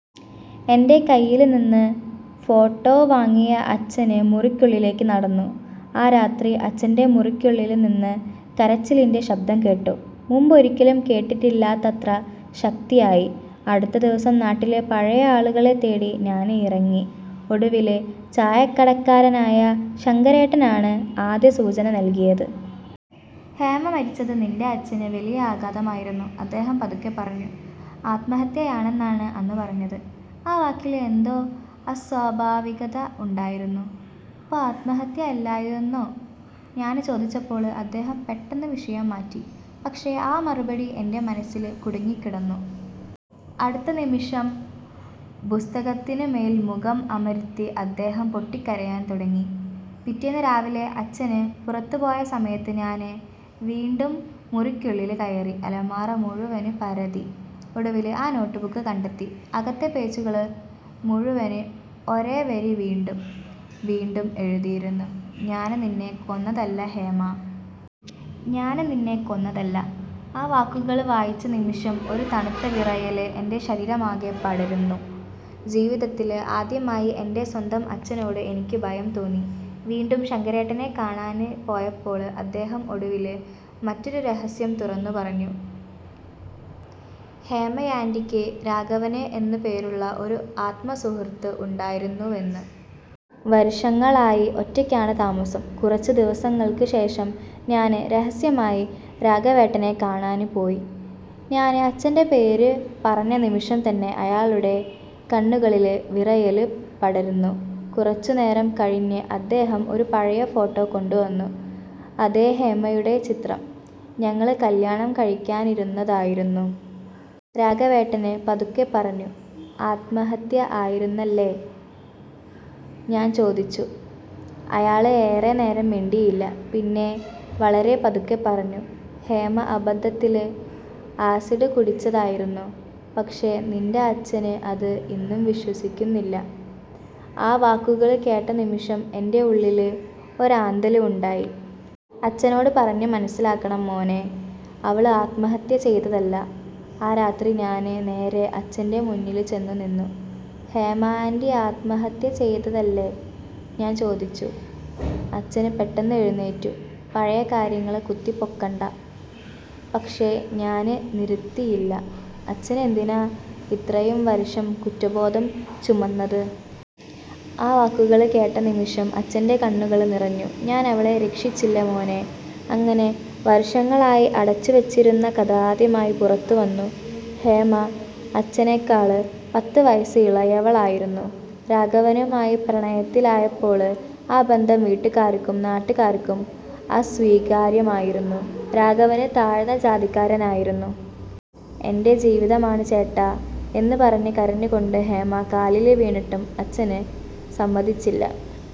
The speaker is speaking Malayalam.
എന്റെ കയ്യില് നിന്ന് ഫോട്ടോ വാങ്ങിയ അച്ഛന് മുറിക്കുള്ളിലേക്ക് നടന്നു. ആ രാത്രി അച്ഛന്റെ മുറിക്കുള്ളില് നിന്ന് കരച്ചിലിന്റെ ശബ്ദം കേട്ടു. മുമ്പൊരിക്കലും കേട്ടിട്ടില്ലാത്തത്ര ശക്തിയായി. അടുത്ത ദിവസം നാട്ടിലെ പഴയ ആളുകളെ തേടി ഞാന് ഇറങ്ങി. ഒടുവില്, ചായക്കടക്കാരനായ ശങ്കരേട്ടനാണ് ആദ്യ സൂചന നല്കിയത്. ''ഹേമ മരിച്ചത് നിന്റെ അച്ഛന് വലിയൊരു ആഘാതമായിരുന്നു... ' അദ്ദേഹം പതുക്കെ പറഞ്ഞു. ''ആത്മഹത്യയാണെന്നാണ് അന്ന് പറഞ്ഞത്... ' ആ വാക്കില് എന്തോ അസ്വാഭാവികത ഉണ്ടായിരുന്നു. ''അപ്പോ ആത്മഹത്യ അല്ലായിരുന്നോ? '' ഞാന് ചോദിച്ചപ്പോള് അദ്ദേഹം പെട്ടെന്ന് വിഷയം മാറ്റി. പക്ഷേ ആ മറുപടി എന്റെ മനസ്സില് കുടുങ്ങിക്കിടന്നു. അടുത്ത നിമിഷം പുസ്തകത്തിനുമേല് മുഖം അമര്ത്തി അദ്ദേഹം പൊട്ടിക്കരയാന് തുടങ്ങി. പിറ്റേന്ന് രാവിലെ അച്ഛന് പുറത്തുപോയ സമയത്ത് ഞാന് വീണ്ടും മുറിക്കുള്ളില് കയറി. അലമാര മുഴുവന് പരതി. ഒടുവില് ആ നോട്ട് ബുക്ക് കണ്ടെത്തി. അകത്തെ പേജുകള് മുഴുവന് ഒരേ വരി വീണ്ടും വീണ്ടും എഴുതിയിരുന്നു 'ഞാന് നിന്നെ കൊന്നതല്ല ഹേമ... ഞാന് നിന്നെ കൊന്നതല്ല... ' ആ വാക്കുകള് വായിച്ച നിമിഷം ഒരു തണുത്ത വിറയല് എന്റെ ശരീരമാകെ പടര്ന്നു. ജീവിതത്തില് ആദ്യമായി എന്റെ സ്വന്തം അച്ഛനോട് എനിക്ക് ഭയം തോന്നി. വീണ്ടും ശങ്കരേട്ടനെ കാണാന് പോയപ്പോള് അദ്ദേഹം ഒടുവില് മറ്റൊരു രഹസ്യം തുറന്നു പറഞ്ഞു. ഹേമയാന്റിക്ക് രാഘവന് എന്ന പേരുള്ള ഒരു ആത്മസുഹൃത്ത് ഉണ്ടായിരുന്നുവെന്ന്. വര്ഷങ്ങളായി ഒറ്റയ്ക്കാണ് താമസം. കുറച്ച് ദിവസങ്ങള്ക്ക് ശേഷം ഞാന് രഹസ്യമായി രാഘവേട്ടനെ കാണാന് പോയി. ഞാന് അച്ഛന്റെ പേര് പറഞ്ഞ നിമിഷം തന്നെ അയാളുടെ കണ്ണുകളില് വിറയല് പടര്ന്നു. കുറച്ചുനേരം കഴിഞ്ഞ് അദ്ദേഹം ഒരു പഴയ ഫോട്ടോ കൊണ്ടുവന്നു. അതേ ഹേമയുടെ ചിത്രം. ''ഞങ്ങള് കല്യാണം കഴിക്കാനിരുന്നതായിരുന്നു... ' രാഘവേട്ടന് പതുക്കെ പറഞ്ഞു. ''ആത്മഹത്യ ആയിരുന്നല്ലേ? '' ഞാന് ചോദിച്ചു. അയാള് ഏറെ നേരം മിണ്ടിയില്ല. പിന്നെ വളരെ പതുക്കെ പറഞ്ഞു 'ഹേമ അബദ്ധത്തില് ആസിഡ് കുടിച്ചതായിരുന്നു... പക്ഷേ നിന്റെ അച്ഛന് അത് ഇന്നും വിശ്വസിക്കുന്നില്ല... ' ആ വാക്കുകള് കേട്ട നിമിഷം എന്റെ ഉള്ളില് ഒരാന്തല് ഉണ്ടായി. ''അച്ഛനോട് പറഞ്ഞ് മനസ്സിലാക്കണം മോനേ... അവള് ആത്മഹത്യ ചെയ്തതല്ല... ' ആ രാത്രി ഞാന് നേരെ അച്ഛന്റെ മുന്നില് ചെന്നുനിന്നു. ''ഹേമ ആന്റി ആത്മഹത്യ ചെയ്തതല്ലേ? '' ഞാന് ചോദിച്ചു. അച്ഛന് പെട്ടെന്ന് എഴുന്നേറ്റു. ''പഴയ കാര്യങ്ങള് കുത്തിപ്പൊക്കണ്ട... ' പക്ഷേ ഞാന് നിര്ത്തിയില്ല. ''അച്ഛന് എന്തിനാ ഇത്രയും വര്ഷം കുറ്റബോധം ചുമന്നത്? '' ആ വാക്കുകള് കേട്ട നിമിഷം അച്ഛന്റെ കണ്ണുകള് നിറഞ്ഞു. ''ഞാനവളെ രക്ഷിച്ചില്ല മോനേ... ' അങ്ങനെ വര്ഷങ്ങളായി അടച്ചുവെച്ചിരുന്ന കഥ ആദ്യമായി പുറത്തുവന്നു. ഹേമ അച്ഛനെക്കാള് പത്ത് വയസ് ഇളയവളായിരുന്നു. രാഘവനുമായി പ്രണയത്തിലായപ്പോള് ആ ബന്ധം വീട്ടുകാര്ക്കും നാട്ടുകാര്ക്കും അസ്വീകാര്യമായിരുന്നു. രാഘവന് താഴ്ന്ന ജാതിക്കാരനായിരുന്നു. ''എന്റെ ജീവിതമാണ് ചേട്ടാ... ' എന്ന് പറഞ്ഞ് കരഞ്ഞുകൊണ്ട് ഹേമ കാലില് വീണിട്ടും അച്ഛന് സമ്മതിച്ചില്ല.